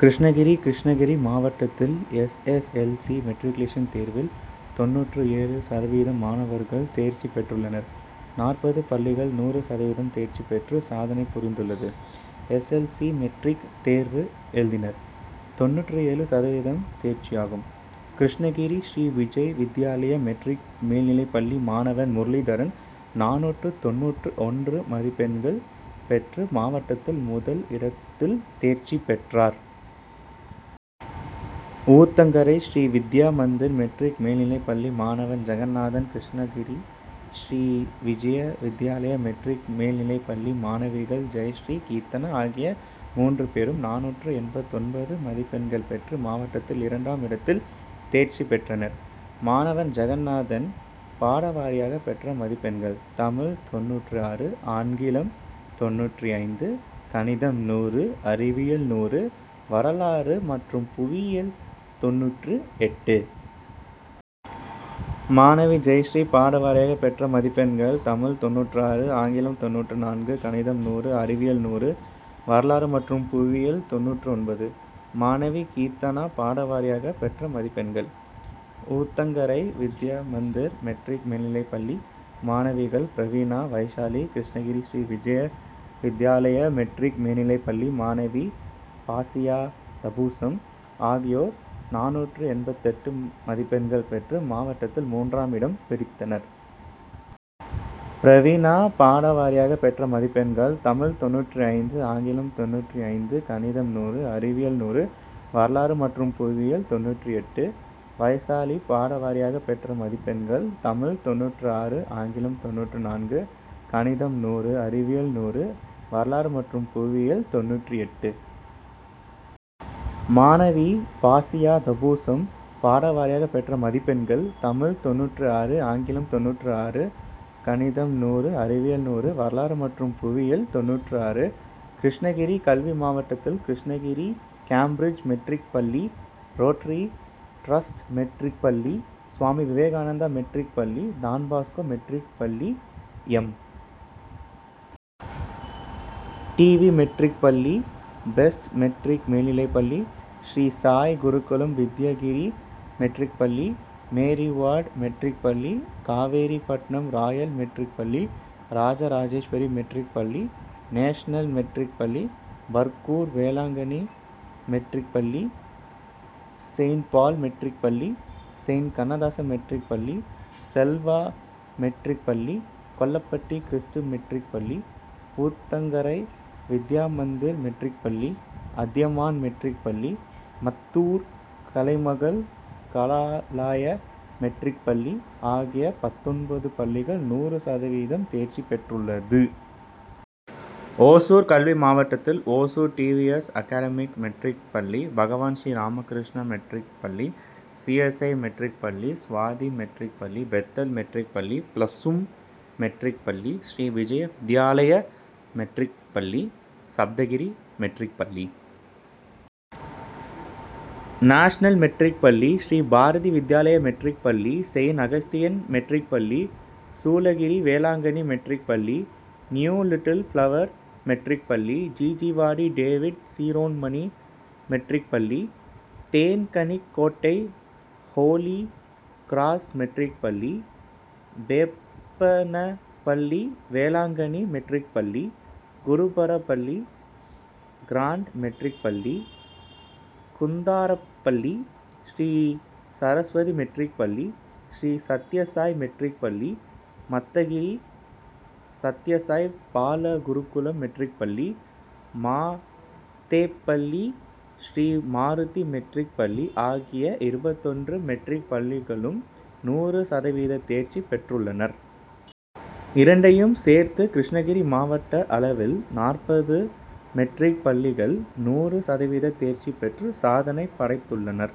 கிருஷ்ணகிரி: கிருஷ்ணகிரி மாவட்டத்தில் S. S. L. C., matriculation தேர்வில் தொண்ணூற்று ஏழு சதவீதம் மாணவர்கள் தேர்ச்சி பெற்றுள்ளனர். நாற்பது பள்ளிகள் நூறு சதவீதம் தேர்ச்சி பெற்று சாதனை புரிந்துள்ளது. எஸ். எல். ஸி.,மெட்ரிக் தேர்வு எழுதினர். தொண்ணூற்று ஏழு சதவீத தேர்ச்சியாகும். கிருஷ்ணகிரி ஸ்ரீ விஜய் வித்யாலயா மெட்ரிக் மேல்நிலைப்பள்ளி மாணவன் முரளிதரன் நானூற்று தொண்ணூற்று ஒன்று மதிப்பெண்கள் பெற்று மாவட்டதில் முதல் இடத்தில் தேர்ச்சி பெற்றார். ஊத்தங்கரை ஸ்ரீ வித்யா மந்திர் மெட்ரிக் மேல்நிலைப்பள்ளி மாணவன் ஜெகநாதன், கிருஷ்ணகிரி ஸ்ரீ விஜய் வித்யாலயா மெட்ரிக் மேல்நிலைப்பள்ளி மாணவிகள் ஜெயஸ்ரீ, கீர்த்தனா ஆகிய மூன்று பேரும் நானூற்று எண்பத்தொன்பது மதிப்பெண்கள் பெற்று மாவட்டத்தில் இரண்டாம் இடத்தில் தேர்ச்சி பெற்றனர். மாணவன் ஜகநாதன் பாடவாரியாக பெற்ற மதிப்பெண்கள்: தமிழ் தொண்ணூற்று ஆறு, ஆங்கிலம் தொண்ணூற்று ஐந்து, கணிதம் நூறு, அறிவியல் நூறு, வரலாறு மற்றும் புவியியல் தொண்ணூற்று எட்டு. மாணவி ஜெயஸ்ரீ பாடவாரியாக பெற்ற மதிப்பெண்கள்: தமிழ் தொண்ணூற்று ஆறு, ஆங்கிலம் தொண்ணூற்று நான்கு, கணிதம் நூறு, அறிவியல் நூறு, வரலாறு மற்றும் புவியியல் தொண்ணூற்று ஒன்பது. மாணவி கீர்த்தனா பாடவாரியாக பெற்ற மதிப்பெண்கள். ஊத்தங்கரை வித்யா மந்திர் மெட்ரிக் மேல்நிலைப்பள்ளி மாணவிகள் பிரவீனா, வைஷாலி, கிருஷ்ணகிரி ஸ்ரீ விஜய் வித்யாலயா மெட்ரிக் மேல்நிலைப்பள்ளி மாணவி பாசியா தபூசம் ஆகியோர் நானூற்று எண்பத்தெட்டு மதிப்பெண்கள் பெற்று மாவட்டத்தில் மூன்றாம் இடம் பிடித்தனர். பிரவீனா பாடவாரியாக பெற்ற மதிப்பெண்கள்: தமிழ் தொண்ணூற்று ஐந்து, ஆங்கிலம் தொண்ணூற்று ஐந்து, கணிதம் நூறு, அறிவியல் நூறு, வரலாறு மற்றும் புவியியல் தொண்ணூற்று எட்டு. வைசாலி பாடவரியாக பெற்ற மதிப்பெண்கள்: தமிழ் தொண்ணூற்று ஆறு, ஆங்கிலம் தொண்ணூற்று நான்கு, கணிதம் நூறு, அறிவியல் நூறு, வரலாறு மற்றும் புவியியல் தொண்ணூற்று எட்டு. மாணவி பாசியா தபூசம் பாடவாரியாக பெற்ற மதிப்பெண்கள்: தமிழ் தொண்ணூற்று ஆறு, ஆங்கிலம் தொண்ணூற்று ஆறு, கணிதம் நூறு, அறிவியல் நூறு, வரலாறு மற்றும் புவியியல் தொண்ணூற்று ஆறு. கிருஷ்ணகிரி கல்வி மாவட்டத்தில் கிருஷ்ணகிரி கேம்பிரிட்ஜ் மெட்ரிக் பள்ளி, ரோட்டரி டிரஸ்ட் மெட்ரிக் பள்ளி, சுவாமி விவேகானந்தா மெட்ரிக் பள்ளி, டான்பாஸ்கோ மெட்ரிக் பள்ளி, எம். டி. வி., மெட்ரிக் பள்ளி, பெஸ்ட் மெட்ரிக் மேல்நிலைப்பள்ளி, ஸ்ரீ சாய் குருகுலம் வித்யா கிரி மெட்ரிக் பள்ளி, மேரிவார்டு மெட்ரிக் பள்ளி, காவேரிப்பட்டணம் ராயல் மெட்ரிக் பள்ளி, ராஜ ராஜேஸ்வரி மெட்ரிக் பள்ளி, நேஷனல் மெட்ரிக் பள்ளி, பர்கூர், வேளாங்கன்னி மெட்ரிக் பள்ளி, செயின்ட்பால் மெட்ரிக் பள்ளி, செயின்ட் கண்ணதாசா மெட்ரிக் பள்ளி, செல்வா மெட்ரிக் பள்ளி, கொல்லப்பட்டி கிறுஸ்து மெட்ரிக் பள்ளி, ஊத்தங்கரை வித்யா மந்திர் மெட்ரிக்பள்ளி, அதியமான் மெட்ரிக் பள்ளி, மத்தூர் கலைமகள் கலாலயா மெட்ரிக் பள்ளி ஆகிய பத்தொன்பது பள்ளிகள் நூறு சதவீதம் தேர்சி பெற்றுள்ளது. ஓசூர் கல்வி மாவட்டத்தில் ஓசூர் டிவிஎஸ் அகாடமிமெட்ரிக் பள்ளி, பகவான் ஸ்ரீ ராமகிருஷ்ணா மெட்ரிக் பள்ளி, சி. எஸ். ஐ., மெட்ரிக் பள்ளி, சுவாதி மெட்ரிக் பள்ளி, பெத்தேல் மெட்ரிக் பள்ளி, ப்ளசூம் மெட்ரிக் பள்ளி, ஸ்ரீ விஜய் வித்யாலயா மெட்ரிக் பள்ளி, சப்தகிரி மெட்ரிக் பள்ளி, நேஷனல் மெட்ரிக் பள்ளி, ஸ்ரீ பாரதி வித்யாலயா மெட்ரிக் பள்ளி, செயின் அகஸ்டியன் மெட்ரிக் பள்ளி, சூளகிரி வேளாங்கன்னி மெட்ரிக் பள்ளி, நியூ லிட்டில் பிளவர் மெட்ரிக் பள்ளி, ஜீஜீவாடி டேவிட் சிரோண்மணி மெட்ரிக் பள்ளி, தேன்கனிக்கோட்டை, ஹோலி கிராஸ் மெட்ரிக் பள்ளி, வேப்பனப்பள்ளி வேளாங்கன்னி மெட்ரிக் பள்ளி, குருபரப்பள்ளி கிரசன்ட் மெட்ரிக் பள்ளி, குந்தாரப்பள்ளி ஸ்ரீ சரஸ்வதி மெட்ரிக் பள்ளி, ஸ்ரீ சத்யசாய் மெட்ரிக் பள்ளி, மத்திகிரி சத்யசாய் பால குருகுலம் மெட்ரிக் பள்ளி, மாதேப்பள்ளி ஸ்ரீ மாருதி மெட்ரிக் பள்ளி ஆகிய இருபத்தொன்று மெட்ரிக் பள்ளிகளும் நூறு சதவீத தேர்ச்சி பெற்றுள்ளனர். இரண்டையும் சேர்த்து கிருஷ்ணகிரி மாவட்ட அளவில் நாற்பது மெட்ரிக் பள்ளிகள் நூறு சதவீத தேர்ச்சி பெற்று சாதனை படைத்துள்ளனர்.